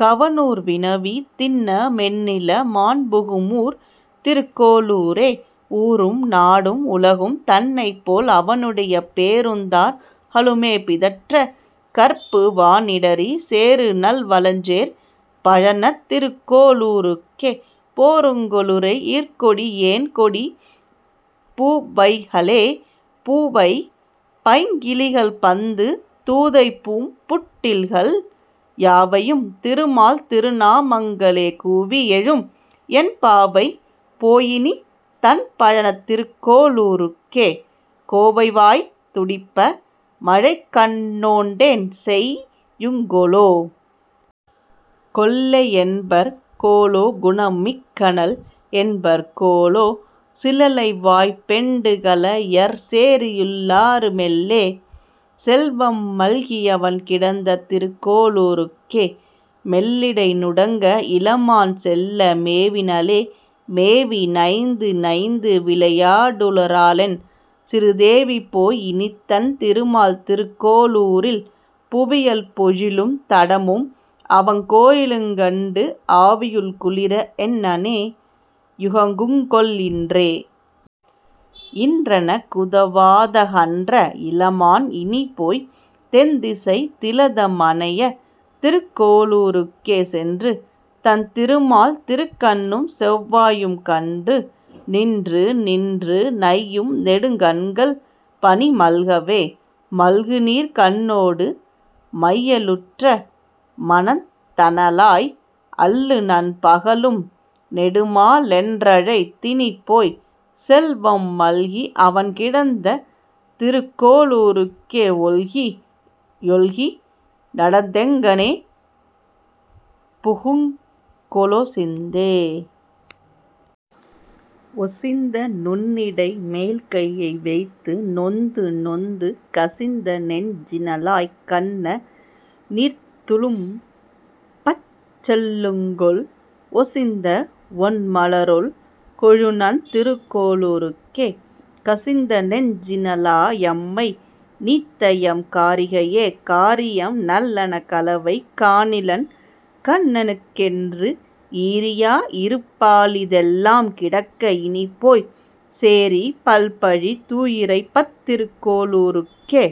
கவனூர் வினவி, திண்ண மென்னிள மான்புகு மூர்திருக் கோளூரே.. ஊரும் நாடும் உலகும் தன்னைப்போல், அவனுடைய பேரும் தார்களு மேபிதற்றக் கற்பு வானிடறி, சேருநல் வளஞ்சேர் பழனத் திருகோ ளூர்க்கே, போருங் கொலுரை யீர்க்கொடி யேன்கொடி பூவைகளே.. பூவை பைங்கிளிகள் பந்து தூதைபூம் புட்டில்கள், யாவையும் திருமால் திருநாமங் களேகூவி யெழும், என் பாவை போயினித் தண்பழனத் திருக்கோ ளூர்க்கே, கோவைவாய் துடிப்ப மழைக்கண்ணோ டென்செய் யுங்கொலோ?. கொல்லை யென்பர்கொ லோகுணம் மிக்கனள் என்பர்கொலோ, சிலலை வாய்ப்பெண் டுகளயற் சேரியுள் ளாருமெல்லே, செல்வம் மல்கி யவன்கிடந்த திருக்கோ ளூர்க்கே, மெல்லிடை நுடங்க இளமான் செல்ல மேவினளே.. மேவி நைந்து நைந்துவிளை யாடலுறா ளென்சிறுத் தேவிபோய், இனித்தன் திருமால் திருக்கோ ளூரில், பூவியல் பொழிலும் தடமும் அவன்கோ யிலுங்கண்டு, ஆவியுள் குளிர எங்ஙனே யுகக்குங்கொல் இன்றே?. இன்றெனக் குதவா தகன்ற இளமான் இனிப்போய், தென்திசைத் திலத மனைய திருக்கோ ளூர்க்கே சென்று, தன் திருமால் திருக்கண்ணும் செவ்வாயும் கண்டு, நின்று நின்று நையும் நெடுங்கண்கள் பனிமல்கவே.. மல்குநீர் கண்ணோடு மையலுற்ற மனத்தனளாய், அல்லுநன் பகலும் நெடுமாலென்றழைத் தினிப்போய், செல்வம் மல்கி அவன்கிடந்த திருக்கோ ளூர்க்கே, ஒல்கி யொல்கி நடந்தெங்ஙனே புகுங்கொ லோசிந்தே?. ஒசிந்த நுண்ணிடை மேல்கையை வைத்து நொந்துநொந்து, கசிந்த நெஞ்சின ளாய்க்கண்ண நீர்த்துளும்பச் செல்லுங்கொல், ஒசிந்த வொண்மல ராள்கொழுநன் திருக்கோ ளூர்க்கே, கசிந்த நெஞ்சின ளாயெம்மை நீத்தஎ ம் காரிகையே?. காரியம் நல்லன களவை காணிலென் கண்ணனுக்கென்று, ஈரியா யிருப்பாளி தெல்லாம் கிடக்க இனிப்போய், சேரி பல்பழி தூயிரைப்பத் திருக்கோ ளூர்க்கே,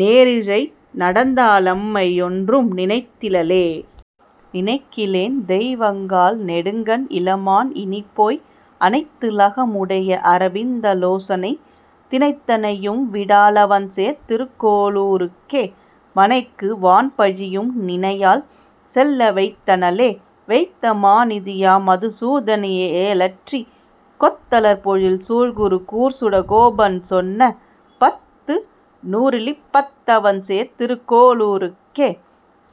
நேரிழை நடந்தா ளெம்மை யொன்றும் நினைத்திலளே.. நினைக்கிலேன் தெய்வங்காள் நெடுங்கண் இளமான் இனிப்போய், அனைத்து லகுமு டைய அரவிந்த லோசனனை, தினைத்தனை யும்விடா ளவன்சேர் திருக்கோ ளூர்க்கே, மனைக்கு வான்பழியும் நினையாள் செல்ல வைத்தனளே. வைத்த மாநிதி யாம்மது சூதனை யேயலற்றி, கொத்த லர்பொழில் சூழ்குரு கூர்ச்சட கோபன்சொன்ன, பத்து நூறு ளிப்பத் தவன்சேர் திருக்கோளூர்க்கே,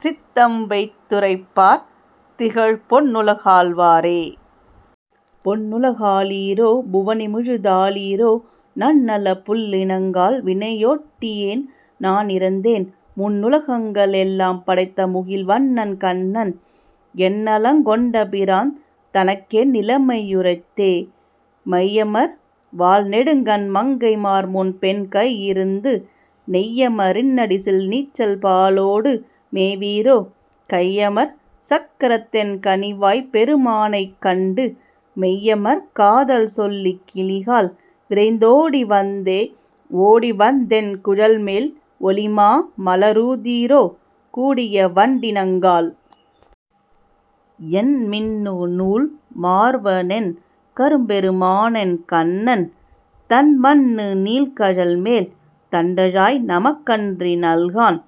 சித்தம் வைத்து ரைப்பார் திகழ்பொன் னுலகாள்வாரே. பொன்னுல காளீரோ? புவனிமுழு தாளீரோ?, நன்னலப் புள்ளினங்காள். வினையாட்டியேன்நானிரந்தேன், முன்னுல கங்களெல்லாம் படைத்தமுகில்வண்ணன்கண்ணன், என்னலங் கொண்டபிரான் தனக்கென் நிலைமையுரைத்தே?. மையமர் வாள்நெடுங்கண் மங்கைமார்முன்பென் கையிருந்து, நெய்யம ரின்னடிசில் நிச்சல்பாலோடு மேவீரோ, கையமர் சக்கரத்தென் கனிவாய்ப்பெரு மானைக்கண்டு மெய்யமர் காதல்சொல்லிக் கிளிகாள். விரைந் தோடிவந்தே?. ஓடிவந் தென்குழல்மேல் ஒளிமாமல ரூதீரோ, கூடிய வண்டினங்காள். என்மின்னு நூல்மார்வ னென்கரும்பெரு மானென்கண்ணன், தன்மன்னு நீள்கழல்மேல் தண்டுழாய்நமக் கன்றிநல்கான்,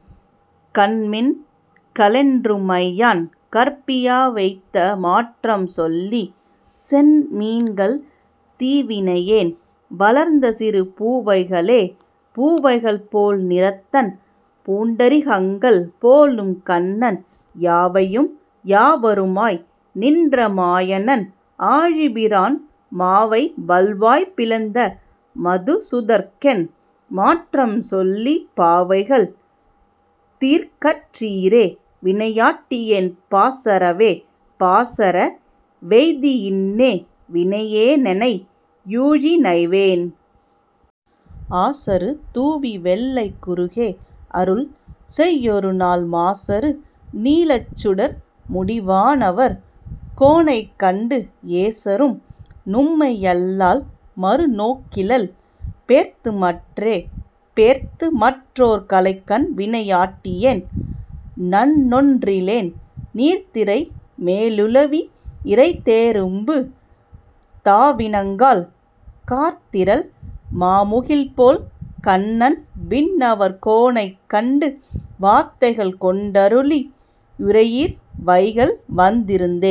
கன்மின்க ளென்றும்மையான் கற்பியாவைத்த மாற்றம்சொல்லி, சென்மின்கள் தீவினையேன் வளர்த்தசிறு பூவைகளே.. பூவைகள் போல்நிறத்தன் புண்டரீகங்கள் போலும்கண்ணன், யாவையும் யாவருமாய் நின்றமாயனென் ஆழிபிரான், மாவைவல் வாய்பிளந்த மதுசூதற்கென் மாற்றம்சொல்லி, பாவைகள். தீர்க்கிற்றிரே வினையாட்டியேன் பாசறவே.. பாசற வெய்தியின்னே வினையேனெனை யூழிநைவேன்?, ஆசறு தூவிவெள்ளைக் குருகே. அருள் செய்யொருநாள், மாசறு நீலச்சுடர் முடிவானவர் கோனைக்கண்டு, ஏசறும் நும்மையல்லால் மறுநோக்கிலள் பேர்த்துமற்றே.. பேர்த்துமற் றோர்களைகண் வினையாட்டியேன் நானொன்றிலேன், நீர்த்திரை மேலுலவி யிரைதேரும்பு தாவினங்காள், கார்த்திரள் மாமுகில்போல் கண்ணன்விண்ணவர் கோனைக்கண்டு, வார்த்தைகள் கொண்டருளி யுரையீர்வைகல் வந்திருந்தே..